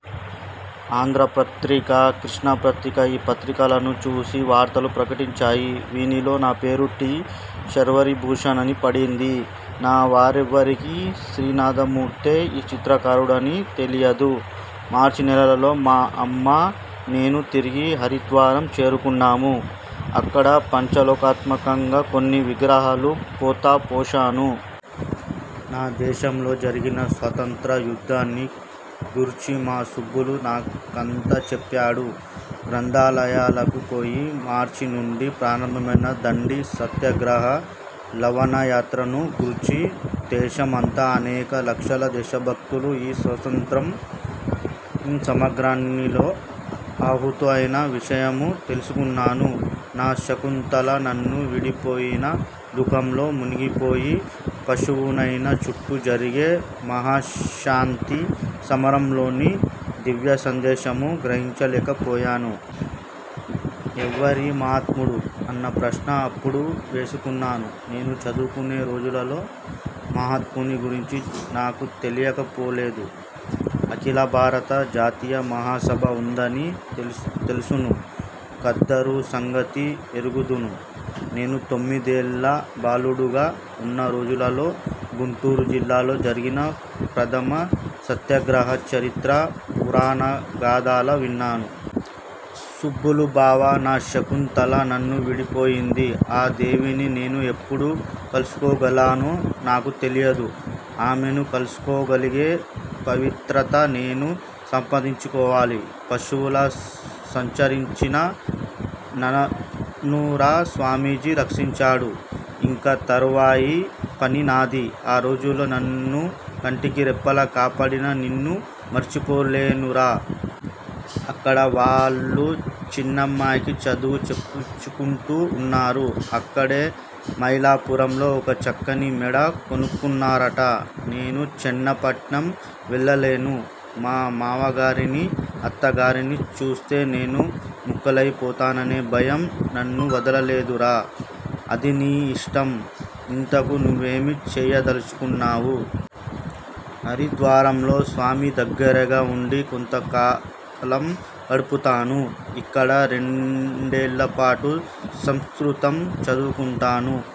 ఆంధ్రపత్రిక, కృష్ణాపత్రిక, ఈ పత్రికలను చూచి వార్తలు ప్రకటించాయి. వీనిలో నా పేరు టి. శర్వరీభూషణ్ అని పడింది. నా వారెవ్వరికీ శ్రీనాథమూర్తే ఈ చిత్రకారుడు అని తెలియదు. మార్చినెలలో మా అమ్మా, నేనూ తిరిగి హరిద్వారం చేరుకున్నాము. అక్కడ పంచలోహాత్మకంగా కొన్ని విగ్రహాలు పోతపోశాను. నా దేశంలో జరిగిన స్వాతంత్ర్య యుద్దాన్ని గూర్చి మా సుబ్బులు నాకంతా చెప్పాడు. గ్రంథాలయాలకుపోయి మార్చి నుండి ప్రారంభమైన దండి సత్యాగ్రహ లవణయాత్రనుగూర్చీ, దేశం అంతా అనేక లక్షల దేశభక్తులు ఈ స్వాతంత్ర్య సమరాగ్నిలో ఆహుతైన విషయమూ తెలుసుకొన్నాను. నా శకుంతల నన్ను విడిపోయిన దుఃఖంలో మునిగిపోయి, పశువునైనా చుట్టూ జరిగే మహాశాంతి సమరంలోని దివ్యసందేశము గ్రహించలేకపోయాను. ' ఎవ్వరీ మహాత్ముడు? ' అన్న ప్రశ్న అప్పుడు వేసుకున్నాను. నేను చదువుకునే రోజులలో మహాత్ముని గురించి నాకు తెలియకపోలేదు. అఖిలభారత జాతీయ మహాసభ ఉందనీ తెలుసును. ఖద్దరు సంగతీ ఎరుగుదును. నేను తొమ్మిదేళ్ళ బాలుడుగా ఉన్న రోజులలో గుంటూరు జిల్లాలో జరిగిన ప్రథమ సత్యాగ్రహ చరిత్ర పూరాణగాథలా విన్నాను. '' సుబ్బులుబావా! నా శకుంతల నన్ను వీడిపోయింది. ఆ దేవిని నేను ఎప్పుడు కలుసుకోగాలనో నాకు తెలియదు. ఆమెను కలుసుకోగలిగే పవిత్రత నేను సంపాదించుకోవాలి. పశువులా సంచరించిన ననుర స్వామీజీ రక్షించాడు. ఇంక తరువాయి పని నాది. ఆ రోజుల్లో నన్ను కంటికి రెప్పలా కాపాడిన నిన్ను మరచిపోలేనురా! అక్కడ వాళ్ళ చిన్నమ్మాయికి చదువు చెప్పించుకుంటూ ఉన్నారు. అక్కడే మైలాపురంలో ఒక చక్కని మేడ కొనుక్కున్నారట! '''' నేను చెన్నపట్నం వెళ్ళలేను. మా మావగారినీ, అత్తగారినీ చూస్తే నేను ముక్కలయిపోతాననే భయం నన్నువదలలేదురా! '''' అది నీ యిష్టం. ఇంతకూ నువ్వేమి చేయదలచుకున్నావు? '''' హరిద్వారంలో స్వామిదగ్గరగా ఉండి కొంతకాలం గడుపుతాను. ఇక్కడ రెండేళ్ళపాటు సంస్కృతం చదువుకొంటాను.